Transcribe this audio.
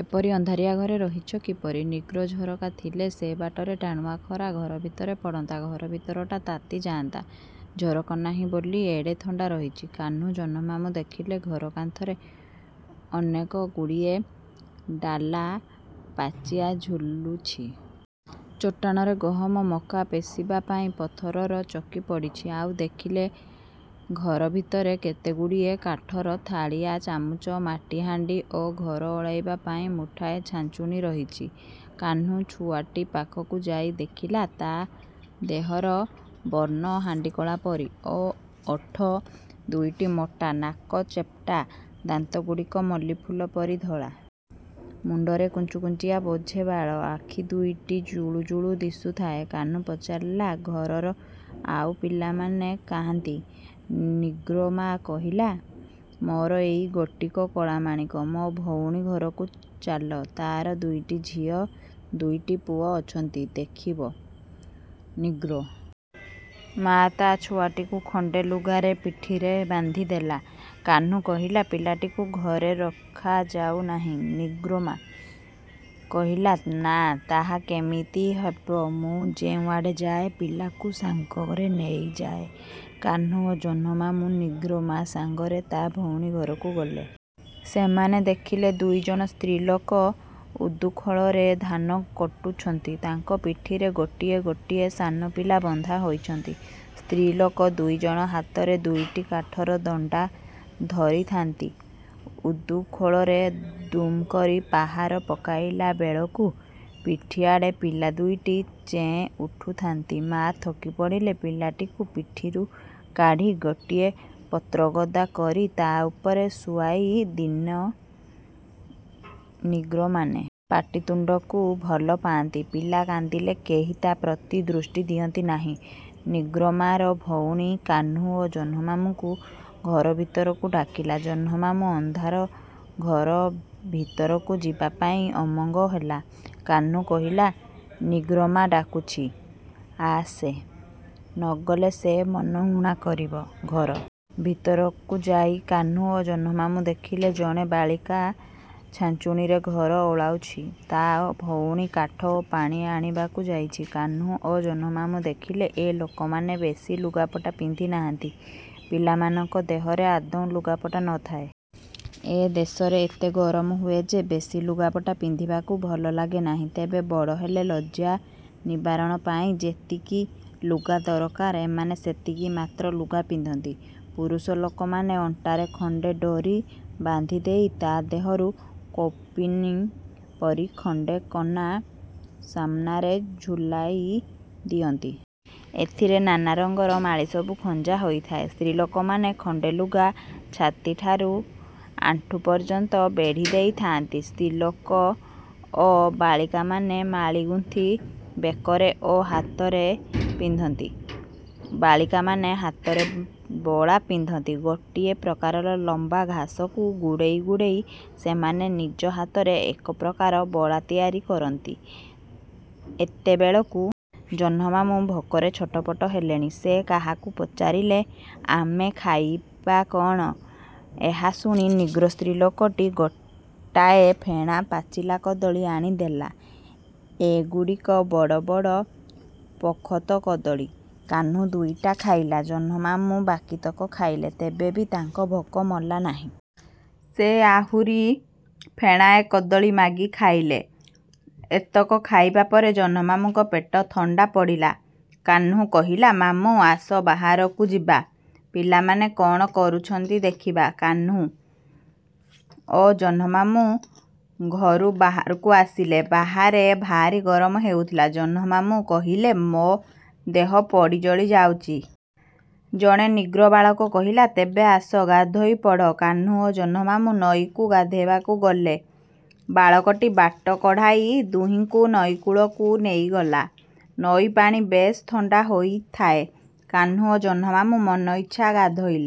ଏପରି ଅନ୍ଧାରିଆ ଘରେ ରହିଛ କିପରି? ନିଗ୍ରୋ, ଝରକା ଥିଲେ ସେ ବାଟରେ ଟାଣୁଆ ଖରା ଘର ଭିତରେ ପଡ଼ନ୍ତା। ଘର ଭିତରଟା ତାତି ଯାଆନ୍ତା। ଝରକା ନାହିଁ ବୋଲି ଏଡ଼େ ଥଣ୍ଡା ରହିଛି। କାହ୍ନୁ ଜହ୍ନମାମୁଁ ଦେଖିଲେ ଘର କାନ୍ଥରେ ଅନେକ ଗୁଡ଼ିଏ ଡାଲା, ପାଚିଆ ଝୁଲୁଛି। ଚଟାଣରେ ଗହମ, ମକା ପେଷିବା ପାଇଁ ପଥରର ଚକି ପଡ଼ିଛି। ଆଉ ଦେଖିଲେ, ଘର ଭିତରେ କେତେଗୁଡ଼ିଏ କାଠର ଥାଳିଆ, ଚାମୁଚ, ମାଟିହାଣ୍ଡି ଓ ଘର ଓଳାଇବା ପାଇଁ ମୁଠାଏ ଛାଞ୍ଚୁଣୀ ରହିଛି। କାହ୍ନୁ ଛୁଆଟି ପାଖକୁ ଯାଇ ଦେଖିଲା, ତା' ଦେହର ବର୍ଣ୍ଣ ହାଣ୍ଡିକଳା ପରି, ଓ ଓଠ ଦୁଇଟି ମୋଟା, ନାକ ଚେପ୍ଟା, ଦାନ୍ତଗୁଡ଼ିକ ମଲ୍ଲୀଫୁଲ ପରି ଧଳା। ମୁଣ୍ଡରେ କୁଞ୍ଚୁକୁଞ୍ଚିଆ ବୋଝେ ବାଳ, ଆଖି ଦୁଇଟି ଜୁଳୁ ଜୁଳୁ ଦିଶୁଥାଏ। କାହ୍ନୁ ପଚାରିଲା, ଘରର ଆଉ ପିଲାମାନେ କାହାଁନ୍ତି? ନିଗ୍ରୋ ମା' କହିଲା, ମୋର ଏଇ ଗୋଟିକ କଳାମାଣିକ। ମୋ ଭଉଣୀ ଘରକୁ ଚାଲ। ତା'ର ଦୁଇଟି ଝିଅ ଦୁଇଟି ପୁଅ ଅଛନ୍ତି, ଦେଖିବ। ନିଗ୍ରୋ ମା' ତା' ଛୁଆଟିକୁ ଖଣ୍ଡେ ଲୁଗାରେ ପିଠିରେ ବାନ୍ଧିଦେଲା। କାହ୍ନୁ କହିଲା, ପିଲାଟିକୁ ଘରେ ରଖାଯାଉ ନାହଁ? ନିଗ୍ରୋ ମା' କହିଲା, ନା ତାହା କିମିତି ହେବ? ମୁଁ ଯେଉଁଆଡ଼େ ଯାଏ, ପିଲାକୁ ସାଙ୍ଗରେ ନେଇଯାଏ। କାହ୍ନୁ ଓ ଜହ୍ନମାମୁଁ ନିଗ୍ରୋ ମା' ସାଙ୍ଗରେ ତା' ଭଉଣୀ ଘରକୁ ଗଲେ। ସେମାନେ ଦେଖିଲେ, ଦୁଇଜଣ ସ୍ତ୍ରୀଲୋକ ଉଦୁଖୋଳରେ ଧାନ କୁଟୁଛନ୍ତି। ତାଙ୍କ ପିଠିରେ ଗୋଟିଏ ଗୋଟିଏ ସାନପିଲା ବନ୍ଧା ହୋଇଛନ୍ତି। ସ୍ତ୍ରୀଲୋକ ଦୁଇଜଣ ହାତରେ ଦୁଇଟି କାଠର ଦଣ୍ଡା ଧରିଥାନ୍ତି। ଉଦୁଖୋଳରେ ଦୁମ୍ କରି ପାହାର ପକାଇଲା ବେଳକୁ ପିଠିଆଡ଼େ ପିଲା ଦୁଇଟି ଚେଁ ଉଠୁଥାନ୍ତି। ମା' ଥକି ପଡ଼ିଲେ ପିଲାଟିକୁ ପିଠିରୁ କାଢ଼ି ଗୋଟିଏ ପତ୍ରଗଦା କରି ତା'ଉପରେ ଶୁଆଇ ଦିନ। ନିଗ୍ରୋମାନେ ପାଟିତୁଣ୍ଡକୁ ଭଲ ପାଆନ୍ତି। ପିଲା କାନ୍ଦିଲେ କେହି ତା' ପ୍ରତି ଦୃଷ୍ଟି ଦିଅନ୍ତି ନାହିଁ। ନିଗ୍ରୋ ମା'ର ଭଉଣୀ, କାହ୍ନୁ ଓ ଜହ୍ନମାମୁଁଙ୍କୁ ଘର ଭିତରକୁ ଡାକିଲା। ଜହ୍ନମାମୁଁ ଅନ୍ଧାର ଘର ଭିତରକୁ ଯିବାପାଇଁ ଅମଙ୍ଗ ହେଲା। କାହ୍ନୁ କହିଲା, ନିଗ୍ରୋ ମା' ଡାକୁଛି। ଆସ, ନ ଗଲେ ସେ ମନ ଊଣା କରିବ। ଘର ଭିତରକୁ ଯାଇ କାହ୍ନୁ ଓ ଜହ୍ନମାମୁଁ ଦେଖିଲେ, ଜଣେ ବାଳିକା ଛାଞ୍ଚୁଣୀରେ ଘର ଓଳାଉଛି। ତା' ଭଉଣୀ କାଠ ଓ ପାଣି ଆଣିବାକୁ ଯାଇଛି। କାହ୍ନୁ ଓ ଜହ୍ନମାମୁଁ ଦେଖିଲେ ଏ ଲୋକମାନେ ବେଶି ଲୁଗାପଟା ପିନ୍ଧି ନାହାଁନ୍ତି। ପିଲାମାନଙ୍କ ଦେହରେ ଆଦୌ ଲୁଗାପଟା ନ ଥାଏ। ଏ ଦେଶରେ ଏତେ ଗରମ ହୁଏ ଯେ, ବେଶୀ ଲୁଗାପଟା ପିନ୍ଧିବାକୁ ଭଲ ଲାଗେ ନାହିଁ। ତେବେ ବଡ଼ ହେଲେ ଲଜ୍ଜା ନିବାରଣ ପାଇଁ ଯେତିକି ଲୁଗା ଦରକାର ଏମାନେ ସେତିକି ମାତ୍ର ଲୁଗା ପିନ୍ଧନ୍ତି। ପୁରୁଷ ଲୋକମାନେ ଅଣ୍ଟାରେ ଖଣ୍ଡେ ଡୋରି ବାନ୍ଧିଦେଇ ତା' ଦେହରୁ କୌପୀନି ପରି ଖଣ୍ଡେ କନା ସାମନାରେ ଝୁଲାଇ ଦିଅନ୍ତି। ଏଥିରେ ନାନାରଙ୍ଗର ମାଳିସବୁ ଖଞ୍ଜା ହୋଇଥାଏ। ସ୍ତ୍ରୀଲୋକମାନେ ଖଣ୍ଡେ ଲୁଗା ଛାତିଠାରୁ ଆଣ୍ଠୁ ପର୍ଯ୍ୟନ୍ତ ବେଢ଼ିଦେଇ ଥାଆନ୍ତି। ସ୍ତ୍ରୀଲୋକ ଓ ବାଳିକାମାନେ ମାଳି ଗୁନ୍ଥି ବେକରେ ଓ ହାତରେ ପିନ୍ଧନ୍ତି। ବାଳିକାମାନେ ହାତରେ ବଳା ପିନ୍ଧନ୍ତି। ଗୋଟିଏ ପ୍ରକାରର ଲମ୍ବା ଘାସକୁ ଗୁଡ଼େଇ ଗୁଡ଼େଇ ସେମାନେ ନିଜ ହାତରେ ଏକ ପ୍ରକାର ବଳା ତିଆରି କରନ୍ତି। ଏତେବେଳକୁ ଜହ୍ନମାମୁଁ ଭୋକରେ ଛଟପଟ ହେଲେଣି। ସେ କାହାକୁ ପଚାରିଲେ, ଆମେ ଖାଇବା କଅଣ? ଏହା ଶୁଣି ନିଗ୍ରୋ ସ୍ତ୍ରୀଲୋକଟି ଗୋଟାଏ ଫେଣା ପାଚିଲା କଦଳୀ ଆଣି ଦେଲା। ଏଗୁଡ଼ିକ ବଡ଼ ବଡ଼ ପୋଖତ କଦଳୀ। କାହ୍ନୁ ଦୁଇଟା ଖାଇଲା; ଜହ୍ନମାମୁଁ ବାକିତକ ଖାଇଲେ। ତେବେ ବି ତାଙ୍କ ଭୋକ ମଲା ନାହିଁ। ସେ ଆହୁରି ଫେଣାଏ କଦଳୀ ମାଗି ଖାଇଲେ। ଏତକ ଖାଇବା ପରେ ଜହ୍ନମାମୁଁଙ୍କ ପେଟ ଥଣ୍ଡା ପଡ଼ିଲା। କାହ୍ନୁ କହିଲା, ମାମୁଁ ଆସ ବାହାରକୁ ଯିବା। ପିଲାମାନେ କ'ଣ କରୁଛନ୍ତି ଦେଖିବା। କାହ୍ନୁ ଓ ଜହ୍ନମାମୁଁ ଘରୁ ବାହାରକୁ ଆସିଲେ। ବାହାରେ ଭାରି ଗରମ ହେଉଥିଲା । ଜହ୍ନମାମୁଁ କହିଲେ, ମୋ ଦେହ ପୋଡ଼ି ଜଳି ଯାଉଛି। ଜଣେ ନିଗ୍ରୋ ବାଳକ କହିଲା, ତେବେ ଆସ, ଗାଧୋଇପଡ଼। କାହ୍ନୁ ଓ ଜହ୍ନମାମୁଁ ନଈକୁ ଗାଧୋଇବାକୁ ଗଲେ। ବାଳକଟି ବାଟ କଢ଼ାଇ ଦୁହିଁଙ୍କୁ ନଈକୂଳକୁ ନେଇଗଲା। ନଈପାଣି ବେଶ୍ ଥଣ୍ଡା ହୋଇଥାଏ। କାହ୍ନୁ ଓ ଜହ୍ନମାମୁଁ ମନଇଚ୍ଛା ଗାଧୋଇଲେ।